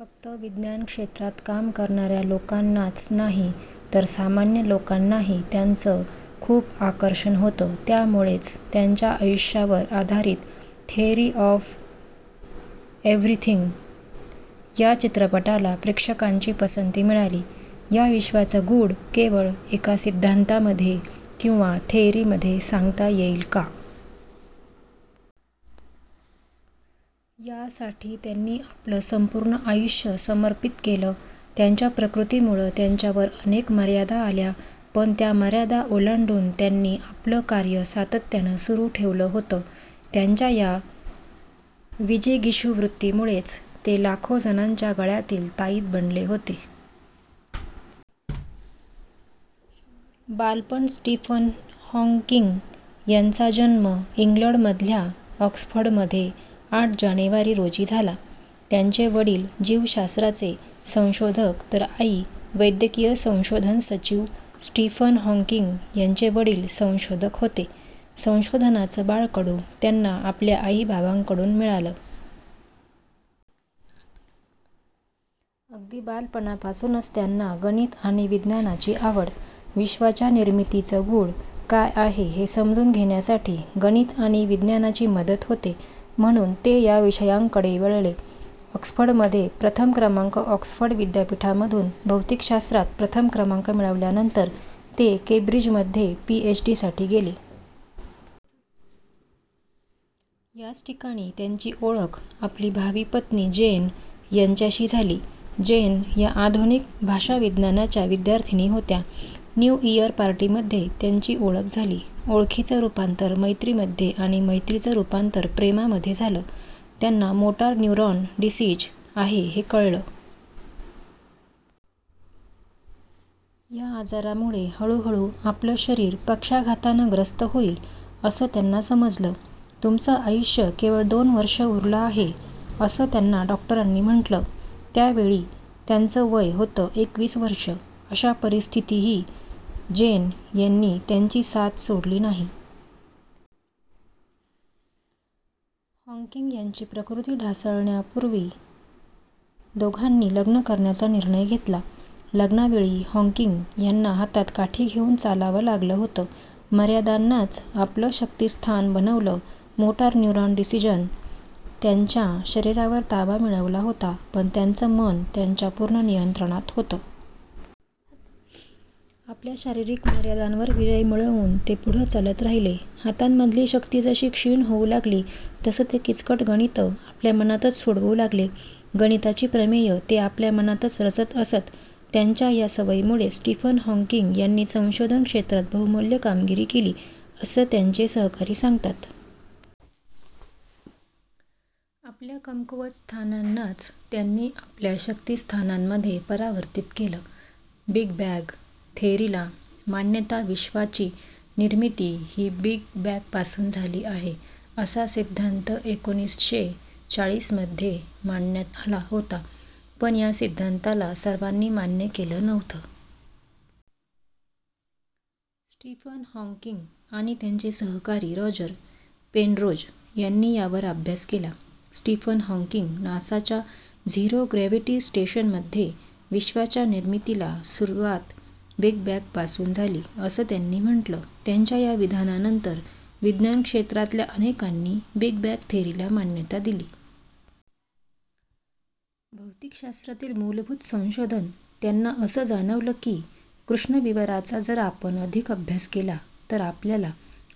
फक्त विज्ञान क्षेत्रात काम करणाऱ्या लोकांनाच नाही तर सामान्य लोकांनाही त्यांचं खूप आकर्षण होतं. त्यामुळेच त्यांच्या आयुष्यावर आधारित थेअरी ऑफ एव्हरीथिंग या चित्रपटाला प्रेक्षकांची पसंती मिळाली. या विश्वाचं गूढ केवळ एका सिद्धांतामध्ये किंवा थेअरीमध्ये सांगता येईल का? यासाठी त्यांनी आपलं संपूर्ण आयुष्य समर्पित केलं. त्यांच्या प्रकृतीमुळं त्यांच्यावर अनेक मर्यादा आल्या, पण त्या मर्यादा ओलांडून त्यांनी आपलं कार्य सातत्यानं सुरू ठेवलं होतं. त्यांच्या या विजिगीषू वृत्तीमुळेच ते लाखो जणांच्या गळ्यातील ताईत बनले होते. बालपण स्टीफन हॉकिंग यांचा जन्म इंग्लंडमधल्या ऑक्सफर्डमध्ये आठ जानेवारी रोजी झाला. त्यांचे वडील जीवशास्त्राचे संशोधक तर आई वैद्यकीय संशोधन सचिव. स्टीफन हॉकिंग यांचे वडील संशोधक होते. संशोधनाचं बाळकडू त्यांना आपल्या आई बाबांकडून मिळालं. अगदी बालपणापासूनच त्यांना गणित आणि विज्ञानाची आवड. विश्वाच्या निर्मितीचं गूढ काय आहे हे समजून घेण्यासाठी गणित आणि विज्ञानाची मदत होते, म्हणून ते या विषयांकडे वळले. ऑक्सफर्डमध्ये प्रथम क्रमांक ऑक्सफर्ड विद्यापीठामधून भौतिकशास्त्रात प्रथम क्रमांक मिळवल्यानंतर ते केंब्रिजमध्ये पीएचडीसाठी गेले. याच ठिकाणी त्यांची ओळख आपली भावी पत्नी जेन यांच्याशी झाली. जेन या आधुनिक भाषाविज्ञानाच्या विद्यार्थिनी होत्या. न्यू इअर पार्टीमध्ये त्यांची ओळख झाली. ओळखीचं रुपांतर मैत्रीमध्ये आणि मैत्रीचं रुपांतर प्रेमामध्ये झालं. त्यांना मोटार न्यूरॉन डिसीज आहे हे कळलं. या आजारामुळे हळुहळू आपलं शरीर पक्षाघातानं ग्रस्त होईल असं त्यांना समजलं. तुमचं आयुष्य केवळ दोन वर्ष उरलं आहे, असं त्यांना डॉक्टरांनी म्हटलं. त्यावेळी त्यांचं वय होतं एकवीस वर्षं. अशा परिस्थितीही जेन यांनी त्यांची साथ सोडली नाही. हॉकिंग यांची प्रकृती ढासळण्यापूर्वी दोघांनी लग्न करण्याचा निर्णय घेतला. लग्नावेळी हॉकिंग यांना हातात काठी घेऊन चालावं लागलं होतं. मर्यादांनाच आपलं शक्तिस्थान बनवलं मोटार न्यूरॉन डिसीजनं त्यांच्या शरीरावर ताबा मिळवला होता, पण त्यांचं मन त्यांच्या पूर्ण नियंत्रणात होतं. आपल्या शारीरिक मर्यादांवर विजय मिळवून ते पुढं चालत राहिले. हातांमधली शक्ती जशी क्षीण होऊ लागली तसं ते किचकट गणितं आपल्या मनातच सोडवू लागले. गणिताची प्रमेयं ते आपल्या मनातच रचत असत. त्यांच्या या सवयीमुळेच स्टीफन हॉकिंग यांनी संशोधन क्षेत्रात बहुमूल्य कामगिरी केली, असं त्यांचे सहकारी सांगतात. आपल्या कमकुवत स्थानांनाच त्यांनी आपल्या शक्तिस्थानांमध्ये परावर्तित केलं. बिग बॅंग थेअरीला मान्यता विश्वाची निर्मिती ही बिग बॅंगपासून झाली आहे असा सिद्धांत एकोणीसशे चाळीसमध्ये मांडण्यात आला होता. पण या सिद्धांताला सर्वांनी मान्य केलं नव्हतं. स्टीफन हॉकिंग आणि त्यांचे सहकारी रॉजर पेनरोज यांनी यावर अभ्यास केला. स्टीफन हॉकिंग नासाच्या झिरो ग्रॅव्हिटी स्टेशनमध्ये. विश्वाच्या निर्मितीला सुरुवात बिग बॅंगपासून झाली असं त्यांनी म्हटलं. त्यांच्या या विधानानंतर विज्ञान क्षेत्रातल्या अनेकांनी बिग बॅंग थेअरीला मान्यता दिली. भौतिकशास्त्रातील मूलभूत संशोधन त्यांना असं जाणवलं की, कृष्णविवराचा जर आपण अधिक अभ्यास केला तर आपल्याला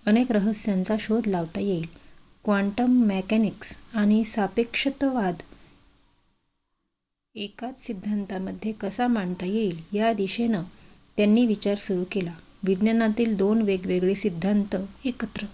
अनेक रहस्यांचा शोध लावता येईल. क्वांटम मेकॅनिक्स आणि सापेक्षतावाद एकाच सिद्धांतामध्ये कसा मांडता येईल या दिशेनं त्यांनी विचार सुरू केला. विज्ञानातील दोन वेगवेगळे सिद्धांत एकत्र